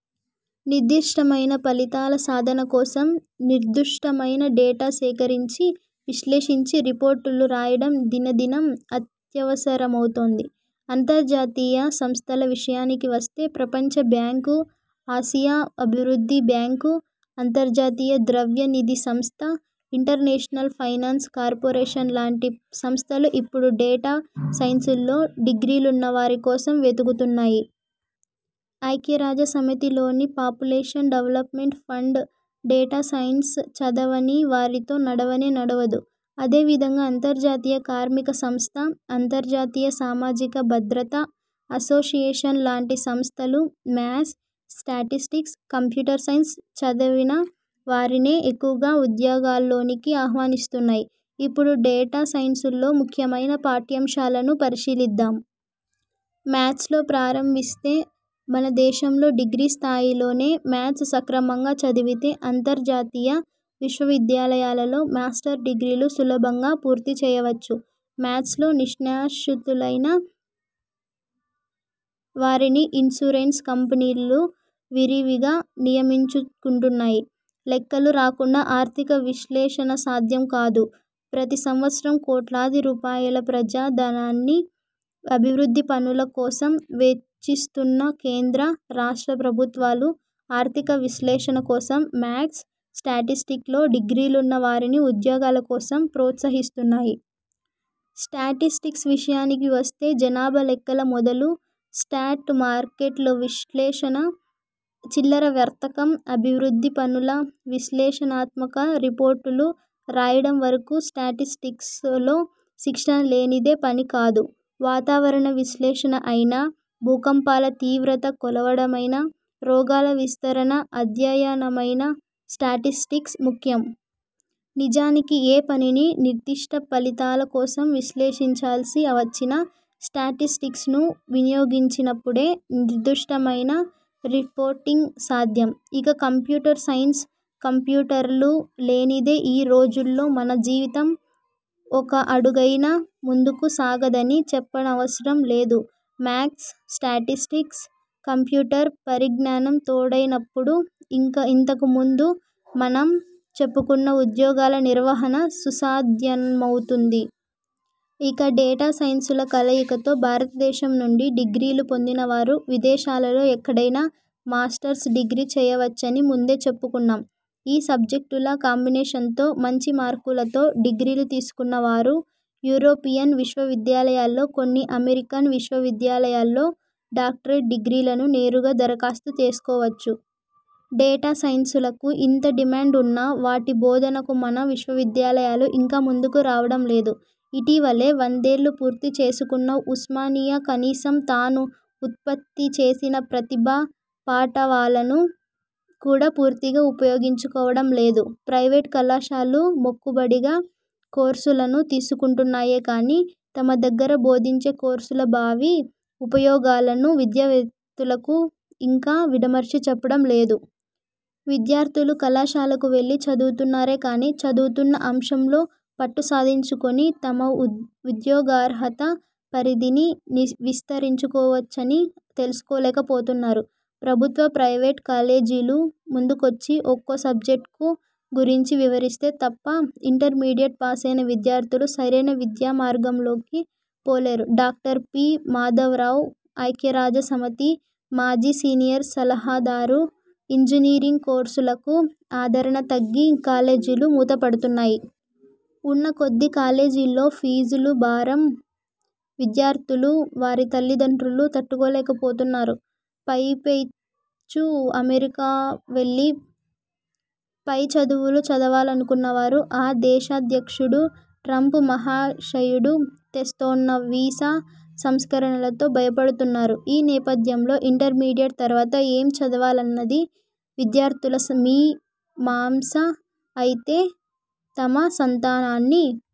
నిర్దిష్టమైన ఫలితాల సాధన కోసం, నిర్దుష్టమైన డేటా సేకరించి, విశ్లేషించి రిపోర్టులు రాయడం దినదినం అత్యవసరమవుతోంది. అంతర్జాతీయ సంస్థల విషయానికి వస్తే ప్రపంచ బ్యాంకు, ఆసియా అభివృద్ధి బ్యాంకు, అంతర్జాతీయ ద్రవ్య నిధి సంస్థ, ఇంటర్నేషనల్ ఫైనాన్స్ కార్పొరేషన్ లాంటి సంస్థలు ఇప్పుడు డేటా సైన్సుల్లో డిగ్రీలున్నవారి కోసం వెదుకుతున్నాయి. ఐక్యరాజ్యసమితిలోని పాపులేషన్ డెవలప్మెంట్ ఫండ్ డేటాసైన్సు చదవని వారితో నడవనే నడవదు. అదే విధంగా అంతర్జాతీయ కార్మిక సంస్థ, అంతర్జాతీయ సామాజిక భద్రతా అసోసియేషన్ లాంటి సంస్థలు మ్యాథ్స్, స్టాటిస్టిక్స్, కంప్యూటర్ సైన్సు చదివిన వారినే ఎక్కువగా ఉద్యోగాల్లోనికి ఆహ్వానిస్తున్నాయి. ఇప్పుడు డేటా సైన్సుల్లో ముఖ్యమైన పాఠ్యాంశాలను పరిశీలిద్దాం. మ్యాథ్స్ తో ప్రారంభిస్తే, మన దేశంలో డిగ్రీ స్థాయిలోనే మ్యాథ్స్ సక్రమంగా చదివితే అంతర్జాతీయ విశ్వవిద్యాలయాలలో మాస్టర్స్ డిగ్రీలు సులభంగా పూర్తి చేయవచ్చు. మ్యాథ్స్లో నిష్ణాతులైన వారిని ఇన్సూరెన్సు కంపెనీలు విరివిగా నియమించుకుంటున్నాయి. లెక్కలు రాకుండా ఆర్థిక విశ్లేషణ సాధ్యం కాదు. ప్రతి సంవత్సరం కోట్లాది రూపాయల ప్రజా ధనాన్ని అభివృద్ధి పనుల కోసం వెచ్చిస్తున్న కేంద్ర, రాష్ట్ర ప్రభుత్వాలు ఆర్థిక విశ్లేషణ కోసం మ్యాథ్స్, స్టాటిస్టిక్స్ లో డిగ్రీలున్న వారిని ఉద్యోగాల కోసం ప్రోత్సహిస్తున్నాయి. స్టాటిస్టిక్స్ విషయానికి వస్తే జనాభా లెక్కల మొదలు, స్టాక్ మార్కెట్ల విశ్లేషణ, చిల్లర వర్తకం, అభివృద్ధి పనుల విశ్లేషణాత్మక రిపోర్టులు రాయడం వరకు స్టాటిస్టిక్స్ లో శిక్షణ లేనిదే పని కాదు. వాతావరణ విశ్లేషణ అయినా, భూకంపాల తీవ్రత కొలవడమైనా, రోగాల విస్తరణ అధ్యయనమైనా స్టాటిస్టిక్స్ ముఖ్యం. నిజానికి ఏ పనిని నిర్దిష్ట ఫలితాల కోసం విశ్లేషించాల్సి వచ్చినా స్టాటిస్టిక్స్ ను వినియోగించినప్పుడే నిర్దుష్టమైన రిపోర్టింగ్ సాధ్యం. ఇక కంప్యూటర్ సైన్సు, కంప్యూటర్లు లేనిదే ఈ రోజుల్లో మన జీవితం ఒక అడుగైనా ముందుకు సాగదని చెప్పనవసరం లేదు. మ్యాథ్స్, స్టాటిస్టిక్స్, కంప్యూ టర్ పరిజ్ఞానం తోడైనప్పుడు ఇంతకుముందు మనం చెప్పుకున్న ఉద్యోగాల నిర్వహణ సుసాధ్యమవుతుంది. ఇక డేటా సైన్సుల కలయికతో భారతదేశం నుంచి డిగ్రీలు పొందిన వారు విదేశాలలో ఎక్కడైనా మాస్టర్స్ డిగ్రీ చేయవచ్చని ముందే చెప్పుకున్నాం. ఈ సబ్జెక్టుల కాంబినేషన్తో మంచి మార్కులతో డిగ్రీలు తీసుకున్న వారు, యూరోపియన్ విశ్వవిద్యాలయాల్లో, కొన్ని అమెరికన్ విశ్వవిద్యాలయాల్లో డాక్టరేట్ డిగ్రీలకు నేరుగా దరఖాస్తు చేసుకోవచ్చు. డేటా సైన్సులకు ఇంత డిమాండ్ ఉన్నా వాటి బోధనకు మన విశ్వవిద్యాలయాలు ఇంకా ముందుకు రావడం లేదు. ఇటీవలే వందేళ్ళు పూర్తి చేసుకున్న ఉస్మానియా కనీసం తాను ఉత్పత్తి చేసిన ప్రతిభా పాటవాలను కూడా పూర్తిగా ఉపయోగించుకోవడం లేదు. ప్రైవేటు కళాశాలలు మొక్కుబడిగా కోర్సులను తీసుకుంటున్నాయే గానీ, తమ దగ్గర బోధించే కోర్సుల భావి ఉపయోగాలను విద్యార్థులకు ఇంకా విడమర్చి చెప్పడం లేదు. విద్యార్థులు కళాశాలలకు వెళ్ళి చదువుతున్నారే గానీ, చదువుతున్న అంశంలో పట్టు సాధించుకుని తమ ఉద్యోగార్హత పరిధిని విస్తరించుకోవచ్చని తెలుసుకోలేక పోతున్నారు. ప్రభుత్వ, ప్రైవేటు కాలేజీలు ముందుకొచ్చి ఒక్కో సబ్జెక్టు గురించి వివరిస్తే తప్ప ఇంటర్మీడియెట్ పాసైన విద్యార్థులు సరైన విద్యామార్గంలోకి పోలేరు. Doctor P. మాధవరావు ఐక్యరాజ్యసమితి మాజీ సీనియర్ సలహాదారు ఇంజనీరింగు కోర్సులకు ఆదరణ తగ్గి కాలేజీలు మూతపడుతున్నాయి. ఉన్న కొద్ది కాలేజీల్లో ఫీజులు భారం విద్యార్థులూ, వారి తల్లి దండ్రులూ తట్టుకోలేకపోతున్నారు. పైపెచ్చు అమెరికా వెళ్లి పై చదువులు చదవాలనుకున్న వారు ఆ దేశాధ్యక్షుడు ట్రంప్ మహాశయుడు తెస్తోన్న వీసా సంస్కరణలతో భయపడుతున్నారు. ఈ నేపథ్యంలో, ఇంటర్మీడియెట్ తర్వాత ఏం చదవాలన్నది విద్యార్థుల మీమాంస అయితే, తమ సంతానాన్ని